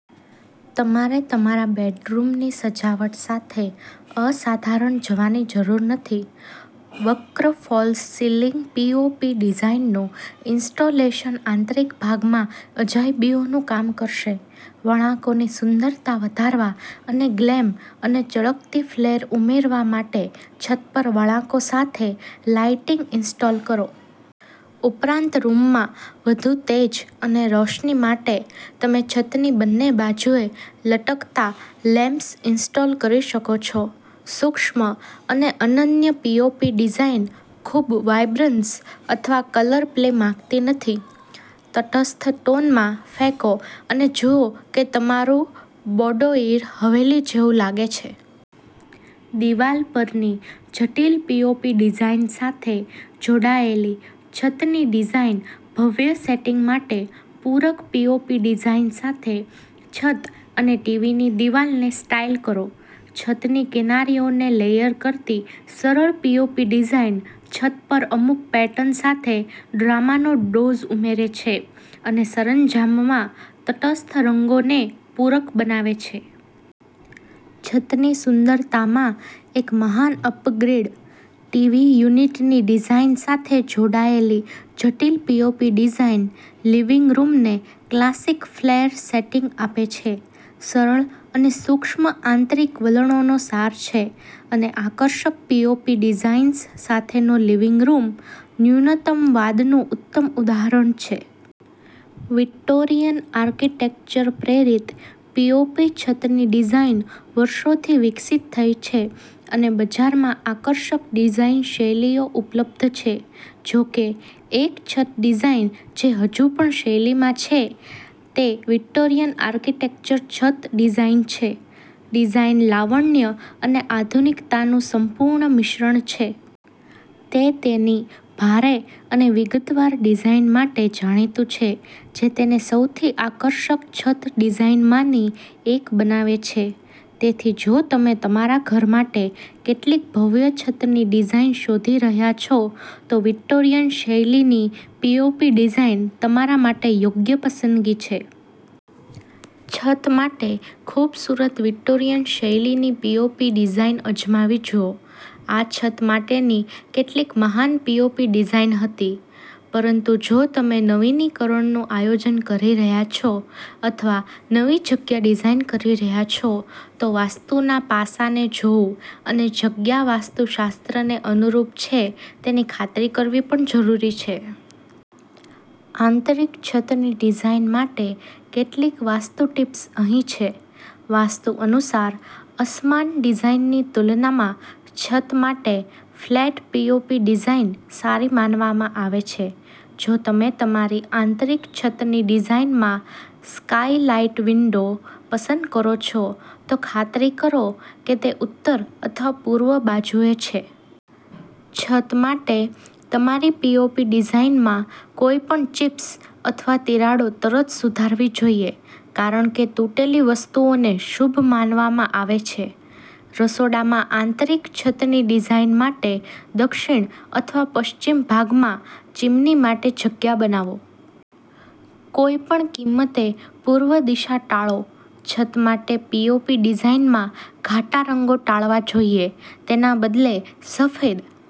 તમારે તમારા બેડરૂમની સજાવટ સાથે અસાધારણ જવાની જરૂર નથી. વક્ર ફોલ્સ સિલિંગ પીઓપી ડિઝાઇનનું ઇન્સ્ટોલેશન આંતરિક ભાગમાં અજાયબીઓનું કામ કરશે. વળાંકોની સુંદરતા વધારવા અને ગ્લેમ અને ચળકતી ફ્લેર ઉમેરવા માટે છત પર વળાંકો સાથે લાઇટિંગ ઇન્સ્ટોલ કરો. ઉપરાંત, રૂમમાં વધુ તેજ અને રોશની માટે તમે છતની બંને બાજુએ લટકતા લેમ્પ્સ ઇન્સ્ટોલ કરી શકો છો. સૂક્ષ્મ અને અનન્ય પીઓપી ડિઝાઇન ખૂબ વાઇબ્રન્સ અથવા કલર પ્લે માંગતી નથી. તટસ્થ ટોનમાં ફેંકો અને જુઓ કે તમારું બૌડોઇર હવેલી જેવું લાગે છે. દિવાલ પરની જટિલ પીઓપી ડિઝાઇન સાથે જોડાયેલી છતની ડિઝાઇન ભવ્ય સેટિંગ માટે પૂરક પીઓપી ડિઝાઇન સાથે છત અને ટીવીની દિવાલને સ્ટાઇલ કરો. છતની કિનારીઓને લેયર કરતી સરળ પીઓપી ડિઝાઇન છત પર અમુક પેટર્ન સાથે ડ્રામાનો ડોઝ ઉમેરે છે અને સરંજામમાં તટસ્થ રંગોને પૂરક બનાવે છે. છતની સુંદરતામાં એક મહાન અપગ્રેડ, ટીવી યુનિટની ડિઝાઇન સાથે જોડાયેલી જટિલ પીઓપી ડિઝાઇન લિવિંગ રૂમને ક્લાસિક ફ્લેર સેટિંગ આપે છે. સરળ અને સૂક્ષ્મ આંતરિક વલણોનો સાર છે, અને આકર્ષક પીઓપી ડિઝાઇન્સ સાથેનો લિવિંગ રૂમ ન્યૂનતમવાદનું ઉત્તમ ઉદાહરણ છે. વિક્ટોરિયન આર્કિટેક્ચર-પ્રેરિત પીઓપી છતની ડિઝાઇન વર્ષોથી વિકસિત થઈ છે અને બજારમાં આકર્ષક ડિઝાઇન શૈલીઓ ઉપલબ્ધ છે. જો કે, એક છત ડિઝાઇન જે હજુ પણ શૈલીમાં છે તે વિક્ટોરિયન આર્કિટેક્ચર છત ડિઝાઇન છે. ડિઝાઇન લાવણ્ય અને આધુનિકતાનું સંપૂર્ણ મિશ્રણ છે. તે તેની ભારે અને વિગતવાર ડિઝાઇન માટે જાણીતું છે, જે તેને સૌથી આકર્ષક છત ડિઝાઇનમાંની એક બનાવે છે. તેથી જો તમે તમારા ઘર માટે કેટલીક ભવ્ય છતની ડિઝાઇન શોધી રહ્યા છો, તો વિક્ટોરિયન શૈલીની પીઓપી ડિઝાઇન તમારા માટે યોગ્ય પસંદગી છે. છત માટે ખૂબસૂરત વિક્ટોરિયન શૈલીની પીઓપી ડિઝાઇન અજમાવી જુઓ. આ છત માટેની કેટલીક મહાન પીઓપી ડિઝાઇન હતી. પરંતુ જો તમે નવીનીકરણનું આયોજન કરી રહ્યા છો અથવા નવી જગ્યા ડિઝાઇન કરી રહ્યા છો, તો વાસ્તુના પાસાને જોવું અને જગ્યા વાસ્તુશાસ્ત્રને અનુરૂપ છે તેની ખાતરી કરવી પણ જરૂરી છે. આંતરિક છતની ડિઝાઇન માટે કેટલીક વાસ્તુ ટીપ્સ અહીં છે. વાસ્તુ અનુસાર અસમાન ડિઝાઇનની તુલનામાં છત માટે ફ્લેટ પીઓપી ડિઝાઇન સારી માનવામાં આવે છે. જો તમે તમારી આંતરિક છતની ડિઝાઇનમાં સ્કાઇલાઇટ વિન્ડો પસંદ કરો છો, તો ખાતરી કરો કે તે ઉત્તર અથવા પૂર્વ બાજુએ છે. છત માટે તમારી પીઓપી ડિઝાઇનમાં કોઈપણ ચિપ્સ અથવા તિરાડો તરત સુધારવી જોઈએ, કારણ કે તૂટેલી વસ્તુઓને શુભ માનવામાં આવે છે. રસોડામાં આંતરિક છતની ડિઝાઇન માટે, દક્ષિણ અથવા પશ્ચિમ ભાગમાં ચીમની માટે જગ્યા બનાવો. કોઈપણ કિંમતે પૂર્વ દિશા ટાળો. છત માટે પીઓપી ડિઝાઇનમાં ઘાટા રંગો ટાળવા જોઈએ, તેના બદલે, સફેદ